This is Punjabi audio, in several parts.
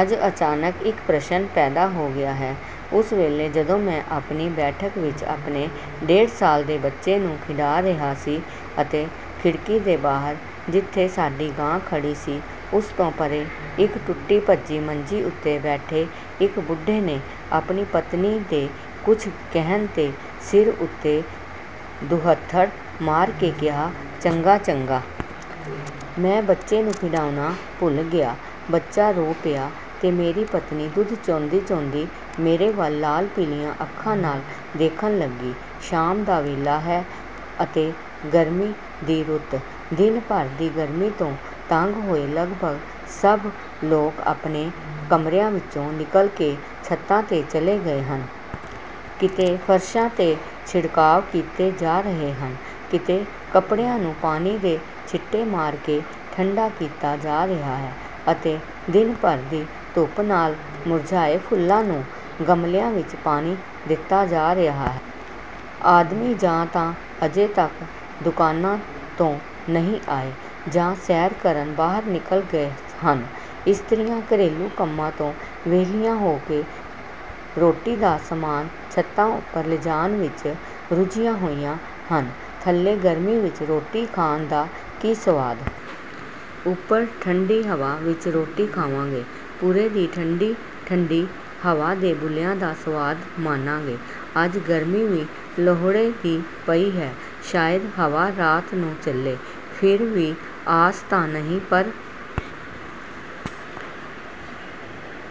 ਅੱਜ ਅਚਾਨਕ ਇੱਕ ਪ੍ਰਸ਼ਨ ਪੈਦਾ ਹੋ ਗਿਆ ਹੈ। ਉਸ ਵੇਲੇ, ਜਦੋਂ ਮੈਂ ਆਪਣੀ ਬੈਠਕ ਵਿੱਚ ਆਪਣੇ ਡੇਢ ਸਾਲ ਦੇ ਬੱਚੇ ਨੂੰ ਖਿਡਾ ਰਿਹਾ ਸੀ ਅਤੇ ਖਿੜਕੀ ਦੇ ਬਾਹਰ, ਜਿੱਥੇ ਸਾਡੀ ਗਾਂ ਖੜ੍ਹੀ ਸੀ, ਉਸ ਤੋਂ ਪਰ੍ਹੇ ਇੱਕ ਟੁੱਟੀ-ਭੱਜੀ ਮੰਜੀ ਉੱਤੇ ਬੈਠੇ ਇੱਕ ਬੁੱਢੇ ਨੇ ਆਪਣੀ ਪਤਨੀ ਦੇ ਕੁਝ ਕਹਿਣ 'ਤੇ ਸਿਰ ਉੱਤੇ ਦੁਹੱਥੜ ਮਾਰ ਕੇ ਕਿਹਾ, "ਚੰਗਾ, ਚੰਗਾ।" ਮੈਂ ਬੱਚੇ ਨੂੰ ਖਿਡਾਉਣਾ ਭੁੱਲ ਗਿਆ। ਬੱਚਾ ਰੋ ਪਿਆ ਅਤੇ ਮੇਰੀ ਪਤਨੀ ਦੁੱਧ ਚੋਂਦੀ-ਚੋਂਦੀ ਮੇਰੇ ਵੱਲ ਲਾਲ-ਪੀਲੀਆਂ ਅੱਖਾਂ ਨਾਲ ਦੇਖਣ ਲੱਗੀ। ਸ਼ਾਮ ਦਾ ਵੇਲਾ ਹੈ ਅਤੇ ਗਰਮੀ ਦੀ ਰੁੱਤ। ਦਿਨ ਭਰ ਦੀ ਗਰਮੀ ਤੋਂ ਤੰਗ ਹੋਏ ਲਗਭਗ ਸਭ ਲੋਕ ਆਪਣੇ ਕਮਰਿਆਂ ਵਿੱਚੋਂ ਨਿਕਲ ਕੇ ਛੱਤਾਂ 'ਤੇ ਚਲੇ ਗਏ ਹਨ। ਕਿਤੇ ਫ਼ਰਸ਼ਾਂ 'ਤੇ ਛਿੜਕਾਅ ਕੀਤੇ ਜਾ ਰਹੇ ਹਨ, ਕਿਤੇ ਕੱਪੜਿਆਂ ਨੂੰ ਪਾਣੀ ਦੇ ਛਿੱਟੇ ਮਾਰ ਕੇ ਠੰਢਾ ਕੀਤਾ ਜਾ ਰਿਹਾ ਹੈ ਅਤੇ ਦਿਨ ਭਰ ਦੀ ਧੁੱਪ ਨਾਲ ਮੁਰਝਾਏ ਫੁੱਲਾਂ ਨੂੰ ਗਮਲਿਆਂ ਵਿੱਚ ਪਾਣੀ ਦਿੱਤਾ ਜਾ ਰਿਹਾ ਹੈ। ਆਦਮੀ ਜਾਂ ਤਾਂ ਅਜੇ ਤੱਕ ਦੁਕਾਨਾਂ ਤੋਂ ਨਹੀਂ ਆਏ ਜਾਂ ਸੈਰ ਕਰਨ ਬਾਹਰ ਨਿਕਲ ਗਏ ਹਨ। ਇਸਤਰੀਆਂ ਘਰੇਲੂ ਕੰਮਾਂ ਤੋਂ ਵਿਹਲੀਆਂ ਹੋ ਕੇ ਰੋਟੀ ਦਾ ਸਾਮਾਨ ਛੱਤਾਂ ਉੱਪਰ ਲਿਜਾਣ ਵਿੱਚ ਰੁੱਝੀਆਂ ਹੋਈਆਂ ਹਨ—ਥੱਲੇ ਗਰਮੀ ਵਿੱਚ ਰੋਟੀ ਖਾਣ ਦਾ ਕੀ ਸੁਆਦ? ਉੱਪਰ ਠੰਢੀ ਹਵਾ ਵਿੱਚ ਰੋਟੀ ਖਾਵਾਂਗੇ, ਪੁਰੇ ਦੀ ਠੰਢੀ-ਠੰਢੀ ਹਵਾ ਦੇ ਬੁੱਲਿਆਂ ਦਾ ਸੁਆਦ ਮਾਣਾਂਗੇ। ਅੱਜ ਗਰਮੀ ਵੀ ਲੋਹੜੇ ਦੀ ਪਈ ਹੈ, ਸ਼ਾਇਦ ਹਵਾ ਰਾਤ ਨੂੰ ਚੱਲੇ। ਫਿਰ ਵੀ ਆਸ ਤਾਂ ਨਹੀਂ, ਪਰ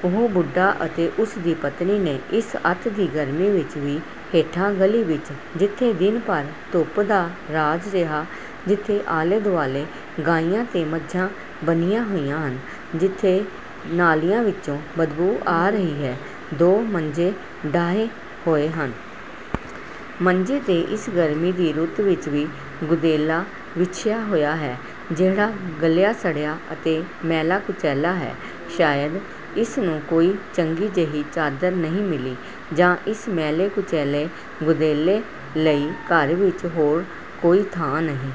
ਉਹ ਬੁੱਢਾ ਅਤੇ ਉਸ ਦੀ ਪਤਨੀ ਨੇ ਇਸ ਅਤਿ ਦੀ ਗਰਮੀ ਵਿੱਚ ਵੀ ਹੇਠਾਂ ਗਲੀ ਵਿੱਚ, ਜਿੱਥੇ ਦਿਨ ਭਰ ਧੁੱਪ ਦਾ ਰਾਜ ਰਿਹਾ, ਜਿੱਥੇ ਆਲੇ-ਦੁਆਲੇ ਗਾਈਆਂ ਤੇ ਮੱਝਾਂ ਬੰਨ੍ਹੀਆਂ ਹੋਈਆਂ ਹਨ, ਜਿੱਥੇ ਨਾਲੀਆਂ ਵਿੱਚੋਂ ਬਦਬੂ ਆ ਰਹੀ ਹੈ, ਦੋ ਮੰਜੇ ਡਾਹੇ ਹੋਏ ਹਨ। ਮੰਜੇ 'ਤੇ ਇਸ ਗਰਮੀ ਦੀ ਰੁੱਤ ਵਿੱਚ ਵੀ ਗੁਦੈਲਾ ਵਿਛਿਆ ਹੋਇਆ ਹੈ, ਜਿਹੜਾ ਗਲਿਆ-ਸੜਿਆ ਅਤੇ ਮੈਲਾ-ਕੁਚੈਲਾ ਹੈ। ਸ਼ਾਇਦ ਇਸ ਨੂੰ ਕੋਈ ਚੰਗੀ ਜਿਹੀ ਚਾਦਰ ਨਹੀਂ ਮਿਲੀ ਜਾਂ ਇਸ ਮੈਲੇ-ਕੁਚੈਲੇ ਗੁਦੈਲੇ ਲਈ ਘਰ ਵਿੱਚ ਹੋਰ ਕੋਈ ਥਾਂ ਨਹੀਂ।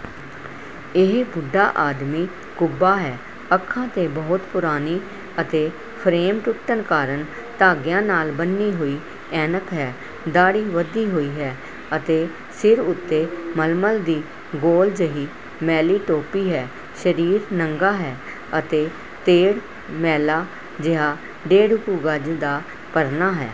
ਇਹ ਬੁੱਢਾ ਆਦਮੀ ਕੁੱਬਾ ਹੈ। ਅੱਖਾਂ 'ਤੇ ਬਹੁਤ ਪੁਰਾਣੀ ਅਤੇ ਫ਼ਰੇਮ ਟੁੱਟਣ ਕਾਰਨ ਧਾਗਿਆਂ ਨਾਲ ਬੰਨ੍ਹੀ ਹੋਈ ਐਨਕ ਹੈ। ਦਾੜ੍ਹੀ ਵਧੀ ਹੋਈ ਹੈ ਅਤੇ ਸਿਰ ਉੱਤੇ ਮਲਮਲ ਦੀ ਗੋਲ ਜਿਹੀ ਮੈਲੀ ਟੋਪੀ ਹੈ, ਸਰੀਰ ਨੰਗਾ ਹੈ ਅਤੇ ਤੇੜ ਮੈਲਾ ਜਿਹਾ ਡੇਢ ਕੁ ਗਜ਼ ਦਾ ਪਰਨਾ ਹੈ।